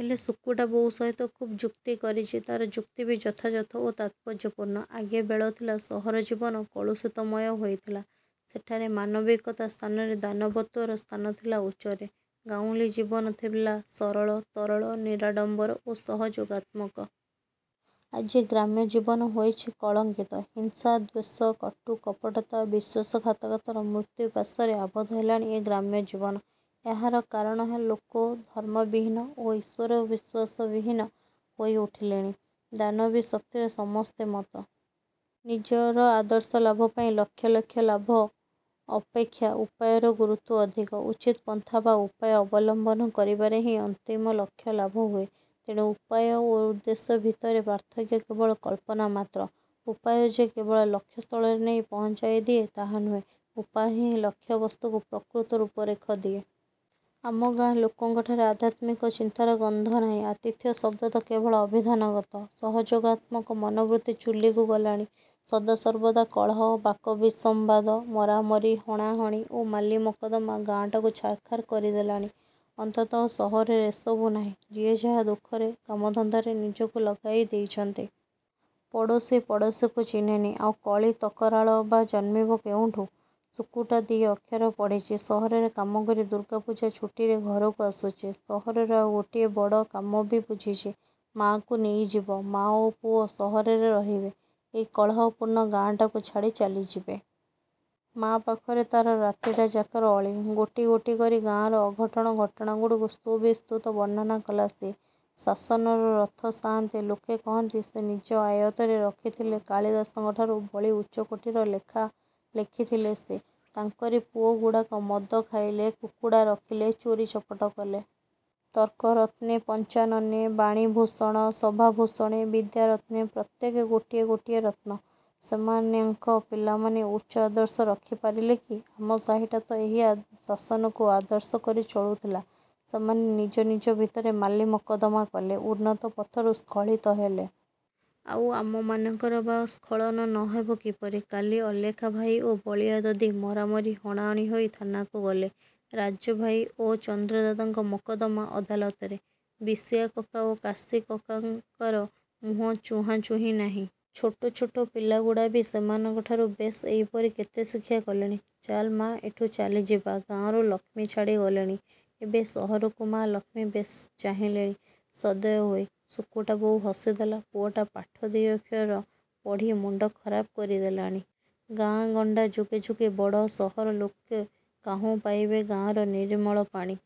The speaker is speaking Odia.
ହେଲେ ସୁକୁଟା ବୋଉ ସହିତ ଖୁବ୍ ଯୁକ୍ତି କରିଚି। ତାର ଯୁକ୍ତି ବି ଯଥାଯଥ ଓ ତାତ୍ପର୍ଯ୍ୟପୂର୍ଣ୍ଣ। ଆଗେ ବେଳଥିଲା ସହର ଜୀବନ କଳୁଷିତମୟ ହୋଇଥିଲା। ସେଠାରେ ମାନବିକତା ସ୍ଥାନରେ ଦାନବତ୍ୱର ସ୍ଥାନ ଥିଲା ଉଚ୍ଚରେ। ଗାଉଁଲୀ ଜୀବନ ଥିଲା ସରଳ, ତରଳ, ନିରାଡ଼ମ୍ୱର ଓ ସହ ଯୋଗାତ୍ମକ। ଆଜି ଗ୍ରାମ୍ୟ ଜୀବନ ହୋଇଛି କଳଙ୍କିତ। ହିଂସା, ଦ୍ୱେଷ, କଟୁ କପଟତା ଓ ବିଶ୍ୱାସଘାତକତାର ମୃତ୍ୟୁ ପାଶରେ ଆବଦ୍ଧ ହେଲାଣି ଏ ଗ୍ରାମ୍ୟ ଜୀବନ। ଏହାର କାରଣ ଲୋକେ ଧର୍ମ ବିହୀନ ଓ ଈଶ୍ୱର ବିଶ୍ୱାସ ବିହୀନ ହୋଇ ଉଠିଲେଣି। ଦାନବୀ ଶକ୍ତିରେ ସମସ୍ତେ ମତ୍ତ। ନିଜର ଆଦର୍ଶ ଲାଭ ପାଇଁ ଲକ୍ଷ ଲକ୍ଷ ଲାଭ ଅପେକ୍ଷା ଉପାୟର ଗୁରୁତ୍ୱ ଅଧିକ। ଉଚିତ ପନ୍ଥା ବା ଉପାୟ ଅବଲମ୍ୱନ କରିବାରେ ହିଁ ଅନ୍ତିମ ଲକ୍ଷ୍ୟ ଲାଭ ହୁଏ; ତେଣୁ ଉପାୟ ଓ ଉଦ୍ଦେଶ୍ୟ ଭିତରେ ପାର୍ଥକ୍ୟ କେବଳ କଳ୍ପନା ମାତ୍ର। ଉପାୟ ଯେ କେବଳ ଲକ୍ଷ୍ୟ ସ୍ଥଳରେ ନେଇ ପହଞ୍ଚାଇ ଦିଏ ତାହା ନୁହେଁ, ଉପାୟ ହିଁ ଲକ୍ଷ୍ୟ ବସ୍ତୁକୁ ପ୍ରକୃତ ରୂପରେଖ ଦିଏ। ଆମ ଗାଁ ଲୋକଙ୍କଠାରେ ଆଧ୍ୟାତ୍ମିକ ଚିନ୍ତାର ଗନ୍ଧ ନାହିଁ। ଆତିଥ୍ୟ ଶବ୍ଦ ତ କେବଳ ଅଭିଧାନଗତ। ସହଯୋଗାତ୍ମକ ମନୋବୃତ୍ତି ଚୁଲିକୁ ଗଲାଣି। ସଦାସର୍ବଦା କଳହ, ବାକ ବିସମ୍ୱାଦ, ମରାମରି, ହଣାହଣି ଓ ମାଲିମକଦ୍ଦମା ଗାଁଟାକୁ ଛାରଖାର କରି ଦେଲାଣି। ଅନ୍ତଃତଃ ସହରରେ ଏସବୁ ନାହିଁ। ଯିଏ ଯାହା ଦୁଃଖରେ କାମ ଧନ୍ଦାରେ ନିଜକୁ ଲଗାଇ ଦେଇଚନ୍ତି। ପଡ଼ୋଶୀ ପଡ଼ୋଶୀକୁ ଚିହ୍ନେନି। ଆଉ କଳି ତକରାଳ ବା ଜନ୍ମିବ କେଉଁଠୁ? ସୁକୁଟା ଦି ଅକ୍ଷର ପଢ଼ିଚି। ସହରରେ କାମକରି ଦୁର୍ଗାପୂଜା ଛୁଟିରେ ଘରକୁ ଆସୁଚି। ସହରରେ ଆଉ ଗୋଟିଏ ବଡ଼ କାମ ବି ବୁଝିଚି। ମା'କୁ ନେଇଯିବ। ମା'ଓ ପୁଅ ସହରରେ ରହିବେ। ଏହି କଳହପୂର୍ଣ୍ଣ ଗାଁଟାକୁ ଛାଡ଼ି ଚାଲିଯିବେ। ମା' ପାଖରେ ତାର ରାତିଟା ଯାକର ଅଳି। ଗୋଟି ଗୋଟି କରି ଗାଁର ଅଘଟଣ ଘଟଣାଗୁଡ଼ିକ ସୁବିସ୍ତୃତ ବର୍ଣ୍ଣନା କଲା ସିଏ। ଶାସନର ରଥ ସାଆନ୍ତେ, ଲୋକେ କହନ୍ତି ସେ ନିଜେ ଆୟତ୍ତରେ ରଖିଥିଲେ। କାଳିଦାସଙ୍କଠାରୁ ବଳି ଉଚ୍ଚକୋଟିର ଲେଖା ଲେଖିଥିଲେ ସିଏ। ତାଙ୍କରି ପୁଅଗୁଡ଼ାକ ମଦ ଖାଇଲେ, କୁକୁଡ଼ା ରଖିଲେ, ଚୋରୀ ଚପଟ କଲେ। ତର୍କରତ୍ନେ, ପଞ୍ଚାନନେ, ବାଣୀଭୂଷଣ, ସଭାଭୂଷଣେ, ବିଦ୍ୟାରତ୍ନେ ପ୍ରତ୍ୟେକେ ଗୋଟିଏ ଗୋଟିଏ ରତ୍ନ। ସେମାନଙ୍କ ପିଲାମାନେ ଉଚ୍ଚ ଆଦର୍ଶ ରଖି ପାରିଲେ କି? ଆମ ସାହିଟାତ ଏହି ଶାସନକୁ ଆଦର୍ଶ କରି ଚଳୁଥିଲା। ସେମାନେ ନିଜ ନିଜ ଭିତରେ ମାଲିମକଦ୍ଦମା କଲେ। ଉନ୍ନତ ପଥରୁ ସ୍ଖଳିତ ହେଲେ। ଆଉ ଆମମାନଙ୍କର ବା ସ୍ଖଳନ ନ ହେବ କିପରି? କାଲି ଅଲେଖା ଭାଇ ଓ ବଳିଆ ଦଦୀ ମରାମରି, ହଣାହଣି ହୋଇ ଥାନାକୁ ଗଲେ। ରାଜ ଭାଇ ଓ ଚନ୍ଦ୍ର ଦାଦାଙ୍କ ମକଦ୍ଦମା ଅଦାଲତରେ। ବିଶିଆ କକା ଓ କାଶୀ କକାଙ୍କର ମୁହଁ ଚୁହାଁ ଚୁହିଁ ନାହିଁ। ଛୋଟ ଛୋଟ ପିଲାଗୁଡ଼ା ବି ସେମାନଙ୍କଠାରୁ ବେଶ ଏଇପରି କେତେ ଶିକ୍ଷା କଲେଣି-। ଚାଲ ମା, ଏଠୁ ଚାଲିଯିବା। ଗାଁରୁ ଲକ୍ଷ୍ମୀ ଛାଡ଼ି ଗଲେଣି। ଏବେ ସହରକୁ ମା ଲକ୍ଷ୍ମୀ ବେଶ ଚାହିଁଲେଣି ସଦୟ ହୋଇ। ସୁକୁଟା ବୋଉ ହସି ଦେଲା। ପୁଅଟା ପାଠ ଦି' ଅକ୍ଷର ପଢ଼ି ମୁଣ୍ଡ ଖରାପ କରି ଦେଲାଣି। ଗାଁ ଗଣ୍ଡା ଯୁଗେ ଯୁଗେ ବଡ଼ ସହର ଲୋକେ କାହୁଁ ପାଇବେ ଗାଁର ନିରିମଳ ପାଣି